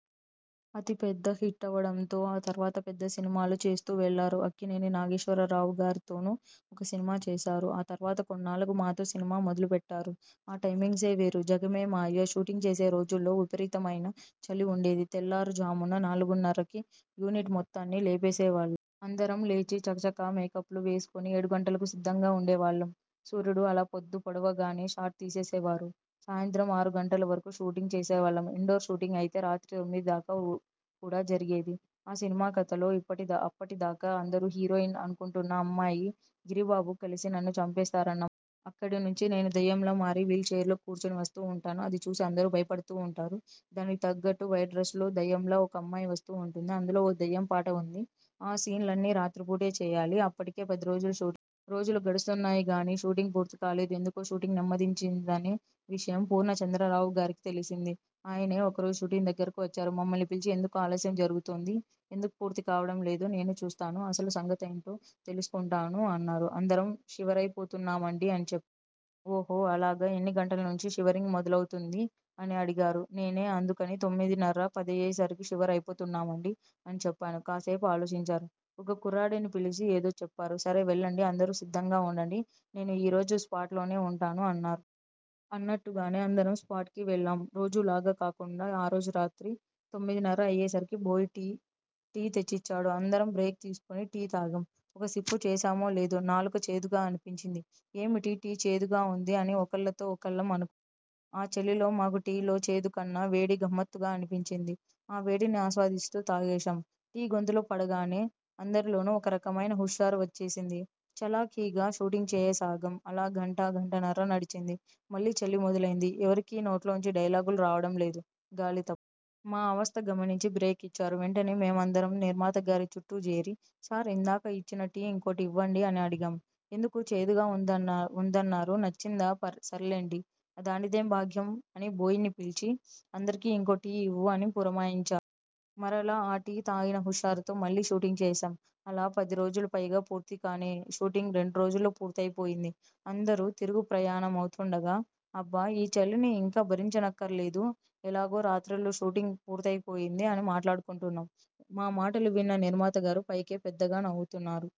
అది పెద్ద హిట్టవడంతో తర్వాత పెద్ద సినిమాలు చేస్తూ వెళ్లారు. అక్కినేని నాగేశ్వరరావుగారితోనూ ఒక సినిమా చేశారు. ఆ తర్వాత కొన్నాళ్లకు మాతో సినిమా మొదలుపెట్టారు. ఆ టైమింగ్సే వేరు! 'జగమే మాయ' షూటింగ్ చేసే రోజుల్లో విపరీతమైన చలి ఉండేది. తెల్లారుజామున నాలుగున్నరకి యూనిట్ మొత్తాన్ని లేపేసేవాళ్లు. అందరం లేచి, చకచకా మేకప్లు వేసుకుని, ఏడుగంటలకు సిద్ధంగా ఉండేవాళ్లం. సూర్యుడు అలా పొద్దుపొడవగానే షాట్ తీసేసేవారు. సాయంత్రం ఆరు గంటల వరకు షూటింగ్ చేసేవాళ్లం. ఇండోర్ షూటింగ్ అయితే రాత్రి తొమ్మిదిదాకా కూడా జరిగేది. ఆ సినిమాకథలో, అప్పటిదాకా అందరూ హీరోయిన్ అనుకుంటున్న అమ్మాయీ, గిరిబాబూ కలిసి నన్ను చంపేస్తారన్నమాట. అక్కడినుంచి నేను దెయ్యంలా మారి వీల్చెయిర్లో కూర్చుని వస్తూ ఉంటాను. అదిచూసి అందరూ భయపడుతూ ఉంటారు. దానికి తగ్గట్టు వైట్డ్రస్లో దెయ్యంలా ఒకమ్మాయి వస్తూ ఉంటుంది. అందులో ఓ దెయ్యం పాట ఉంది. ఆ సీన్లన్నీ రాత్రిపూటే చేయాలి. అప్పటికే పది రోజులు షూటింగ్ చేశాం. రోజులు గడుస్తున్నాయిగానీ, షూటింగ్ పూర్తి కాలేదు. ఎందుకో షూటింగ్ నెమ్మదించిందనే విషయం పూర్ణచంద్రరావుగారికి తెలిసింది. ఆయనే ఒకరోజు షూటింగ్ దగ్గరకు వచ్చారు. మమ్మల్ని పిలిచి 'ఎందుకు ఆలస్యం జరుగుతోంది? ఎందుకు పూర్తికావడం లేదో నేనూ చూస్తాను. అసలుసంగతేంటో తెలుసుకుంటాను' అన్నారు. 'అందరం షివరైపోతున్నామండీ' అని చెప్పాం. 'ఓహో అలాగా! ఎన్నిగంటలనుంచి షివరింగ్ మొదలవుతుంది? ' అని అడిగారు. నేనే అందుకుని 'తొమ్మిదిన్నర, పదయ్యేసరికి షివర్ అయిపోతున్నామండీ' అని చెప్పాను. కాసేపు ఆలోచించారు. ఒక కుర్రాడిని పిలిచి ఏదో చెప్పారు. 'సరే వెళ్లండి, అందరూ సిద్ధంగా ఉండండి. నేనూ ఈరోజు స్పాట్లోనే ఉంటాను'' అన్నారు. అన్నట్టుగానే అందరం స్పాట్కి వెళ్లాం. రోజూలాగా కాకుండా, ఆ రోజురాత్రి తొమ్మిదిన్నర అయ్యేసరికి బోయ్ టీ తెచ్చిచ్చాడు. అందరం బ్రేక్ తీసుకుని టీ తాగాం. ఒక సిప్పు చేశామో లేదో, నాలుక చేదుగా అనిపించింది. 'ఏమిటి? టీ చేదుగా ఉంది' అని ఒకళ్లతో ఒకళ్లం అనుకున్నాం. ఆ చలిలో మాకు టీ లో చేదుకన్నా వేడి గమ్మత్తుగా అనిపించింది. ఆ వేడిని ఆస్వాదిస్తూ తాగేశాం. టీ గొంతులో పడగానే అందరిలోనూ ఒక రకమైన హుషారు వచ్చేసింది. చలాకీగా షూటింగ్ చేయసాగాం. అలా గంటా, గంటన్నర గడిచింది. మళ్లీ చలి మొదలైంది. ఎవరికీ నోట్లోంచి డైలాగులు రావడం లేదు, గాలి తప్ప! మా అవస్త గమనించి బ్రేక్ ఇచ్చారు. వెంటనే మేం అందరం నిర్మాతగారి చుట్టూజేరి 'సార్ ఇందాక ఇచ్చిన టీ ఇంకోటివ్వండి' అని అడిగాం. 'ఎందుకు చేదుగా ఉందన్నారు? నచ్చిందా? సర్లేండి. దానిదేం భాగ్యం' అని బోయ్ని పిలిచి 'అందరికీ ఇంకో టీ ఇవ్వు' అని పురమాయించారు. మరలా ఆ టీ తాగిన హుషారుతో మళ్ళీ షూటింగ్ చేశాం. అలా పదిరోజులు పైగా పూర్తి కాని షూటింగ్ రెండురోజుల్లో పూర్తైపోయింది. అందరం తిరుగుప్రయాణమవుతుండగా, 'అబ్బా! ఈ చలిని ఇంక భరించనక్కర్లేదు. ఎలాగో రాత్రుళ్లు షూటింగ్ పూర్తైపోయింది' అని మాట్లాడుకుంటున్నాం. మా మాటలు విన్న నిర్మాతగారు పైకే పెద్దగా నవ్వుతున్నారు.